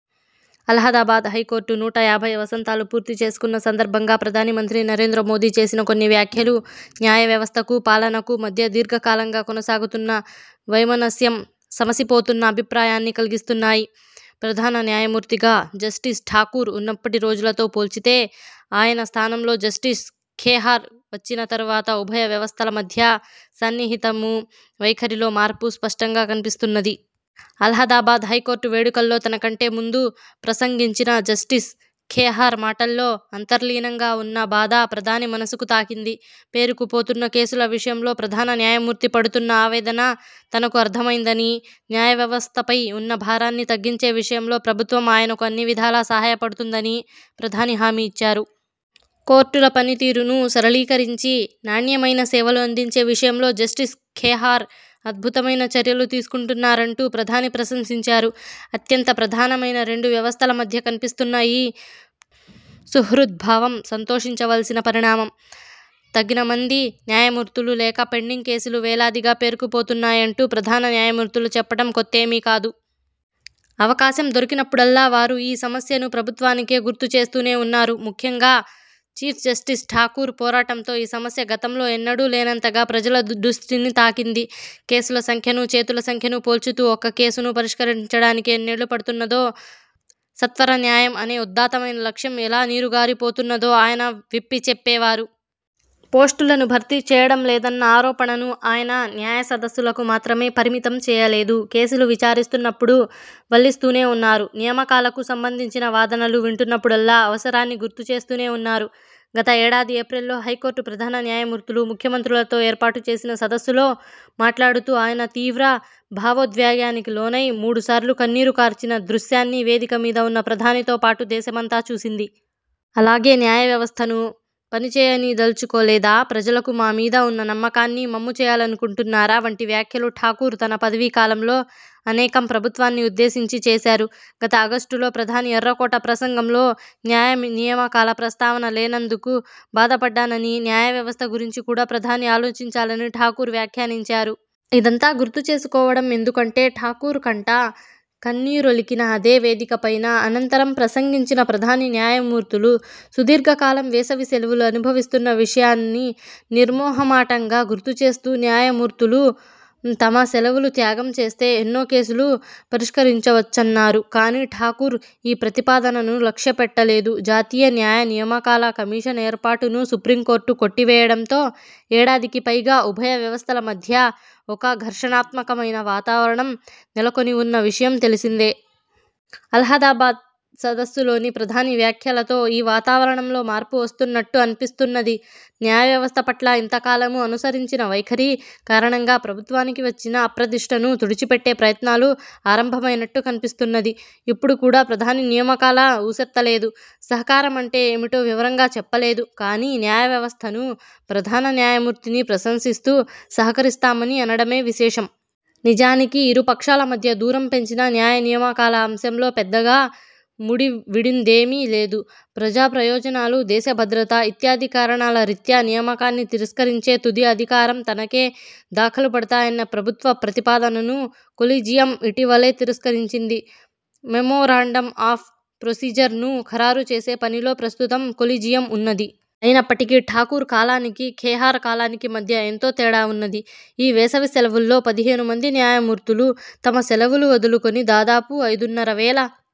Allahabad high court నూట యాభై వసంతాలు పూర్తిచేసుకున్న సందర్భంగా ప్రధానమంత్రి నరేంద్రమోదీ చేసిన కొన్ని వ్యాఖ్యలు న్యాయ వ్యవస్థకూ, పాలకులకూ మధ్య దీర్ఘకాలంగా కొనసాగుతున్న వైమనస్యం సమసిపోతున్న అభిప్రాయాన్ని కలిగిస్తున్నాయి. ప్రధాన న్యాయమూర్తిగా జస్టిస్ ఠాకూర్ ఉన్నప్పటి రోజులతో పోల్చితే, ఆయన స్థానంలో జస్టిస్ ఖేహార్ వచ్చిన తరువాత ఉభయ వ్యవస్థల మధ్యా సాన్నిహిత్యమూ, వైఖరిలో మార్పు స్పష్టంగా కనిపిస్తున్నది. అలహాబాద్ హైకోర్టు వేడుకల్లో తనకంటే ముందు ప్రసంగించిన జస్టిస్ ఖేహార్ మాటల్లో అంతర్లీనంగా ఉన్న బాధ ప్రధాని మనసును తాకింది. పేరుకుపోతున్న కేసుల విషయంలో ప్రధాన న్యాయమూర్తి పడుతున్న ఆవేదన తనకు అర్థమైందనీ, న్యాయవ్యవస్థపై ఉన్న భారాన్ని తగ్గించే విషయంలో ప్రభుత్వం ఆయనకు అన్ని విధాలా సాయపడుతుందని ప్రధాని హామీ ఇచ్చారు. కోర్టుల పనితీరును సరళీకరించి, నాణ్యమైన సేవలు అందించే విషయంలో జస్టిస్ ఖేహార్ అద్భుతమైన చర్యలు తీసుకున్నారంటూ ప్రధాని ప్రశంసించారు. అత్యంత ప్రధానమైన రెండు వ్యవస్థల మధ్య కనిపిస్తున్న ఈ సుహృద్భావం సంతోషించవలసిన పరిణామం. తగినంతమంది న్యాయమూర్తులు లేక పెండింగ్ కేసులు వేలాదిగా పేరుకుపోతున్నాయంటూ ప్రధాన న్యాయమూర్తులు చెప్పడం కొత్తేమీ కాదు. అవకాశం దొరికినప్పుడల్లా వారు ఈ సమస్యను ప్రభుత్వానికి గుర్తుచేస్తూనే ఉన్నారు. ముఖ్యంగా, చీఫ్జస్టిస్ ఠాకూర్ పోరాటంతో ఈ సమస్య గతంలో ఎన్నడూ లేనంతగా ప్రజల దృష్టిని తాకింది. కేసుల సంఖ్యనూ, చేతుల సంఖ్యనూ పోల్చుతూ ఒక కేసును పరిష్కరించడానికి ఎన్నేళ్ళుపడుతున్నదో, సత్వరన్యాయం అనే ఉదాత్తమైన లక్ష్యం ఎలా నీరుగారిపోతున్నదో ఆయన విప్పిచెప్పేవారు. పోస్టులను భర్తీ చేయడంలేదన్న ఆరోపణను ఆయన న్యాయసదస్సులకు మాత్రమే పరిమితం చేయలేదు. కేసులు విచారిస్తున్నప్పుడు వల్లిస్తూనే ఉన్నారు, నియామకాలకు సంబంధించిన వాదనలు వింటున్నప్పుడల్లా అవసరాన్ని గుర్తుచేస్తూనే ఉన్నారు. గత ఏడాది ఏప్రిల్లో హైకోర్టు ప్రధాన న్యాయమూర్తులు, ముఖ్యమంత్రులతో ఏర్పాటు చేసిన సదస్సులో మాట్లాడుతూ ఆయన తీవ్ర భావోద్వేగానికి లోనై మూడుసార్లు కన్నీరు కార్చిన దృశ్యాన్ని వేదికమీద ఉన్న ప్రధానితో పాటు దేశమంతా చూసింది. అలాగే, 'న్యాయవ్యవస్థను పనిచేయనీయదల్చుకోలేదా? ' 'ప్రజలకు మా మీద ఉన్న నమ్మకాన్ని వమ్ముచేయాలనుకుంటున్నారా? ' వంటి వ్యాఖ్యలు ఠాకూర్ తన పదవీ కాలంలో అనేకం ప్రభుత్వాన్ని ఉద్దేశించి చేశారు. గత ఆగస్టులో ప్రధాని ఎర్రకోట ప్రసంగంలో న్యాయనియామకాల ప్రస్తావన లేనందుకు బాధపడ్డాననీ, న్యాయవ్యవస్థ గురించి కూడా ప్రధాని ఆలోచించాలని ఠాకూర్ వ్యాఖ్యానించారు. ఇదంతా గుర్తుచేసుకోవడం ఎందుకంటే, ఠాకూర్ కంట కన్నీరొలికిన అదే వేదికపైన అనంతరం ప్రసంగించిన ప్రధాని న్యాయమూర్తులు సుదీర్ఘకాలం వేసవి సెలవులు అనుభవిస్తున్న విషయాన్ని నిర్మొహమాటంగా గుర్తుచేస్తూ, న్యాయమూర్తులు తమ సెలవులు త్యాగం చేస్తే ఎన్నో కేసులు పరిష్కరించవచ్చన్నారు. కానీ, ఠాకూర్ ఈ ప్రతిపాదనను లక్ష్యపెట్టలేదు. 'జాతీయ న్యాయనియామకాల కమిషన్' ఏర్పాటును సుప్రీంకోర్టు కొట్టివేయడంతో ఏడాదికిపైగా ఉభయ వ్యవస్థల మధ్యా ఒక ఘర్షణాత్మకమైన వాతావరణం నెలకొనివున్న విషయం తెలిసిందే. అలహాబాద్ సదస్సులో ప్రధాని వ్యాఖ్యలతో ఈ వాతావరణంలో మార్పు వస్తున్నట్టు అనిపిస్తున్నది. న్యాయవ్యవస్థ పట్ల ఇంతకాలమూ అనుసరించిన వైఖరి కారణంగా ప్రభుత్వానికి వచ్చిన అప్రదిష్టను తుడిచిపెట్టే ప్రయత్నాలు ఆరంభమైనట్టు కనిపిస్తున్నది. ఇప్పుడు కూడా ప్రధాని నియామకాల ఊసెత్తలేదు, సహకారం అంటే ఏమిటో వివరంగా చెప్పలేదు. కానీ, న్యాయవ్యవస్థను, ప్రధాన న్యాయమూర్తిని ప్రశంసిస్తూ సహకరిస్తామని అనడమే విశేషం. నిజానికి, ఇరుపక్షాల మధ్యా దూరం పెంచిన న్యాయనియామకాల అంశంలో పెద్దగా ముడివిడిందేమీ లేదు. 'ప్రజాప్రయోజనాలు', 'దేశ భద్రత' ఇత్యాది కారణాల రీత్యా నియామకాన్ని తిరస్కరించే తుది అధికారం తనకే దఖలుపడాలన్న ప్రభుత్వ ప్రతిపాదనను కొలీజియం ఇటీవలే తిరస్కరించింది. 'మెమోరాండం ఆఫ్ ప్రొసీజర్ 'ను ఖరారుచేసే పనిలో ప్రస్తుతం కొలీజియం ఉన్నది. అయినప్పటికీ, ఠాకూర్ కాలానికీ, ఖేహార్ కాలానికీ మధ్య ఎంతో తేడావున్నది. ఈ వేసవి సెలవుల్లో పదిహేను మంది న్యాయమూర్తులు తమ సెలవులు వదులుకొని దాదాపు ఐదున్నరవేల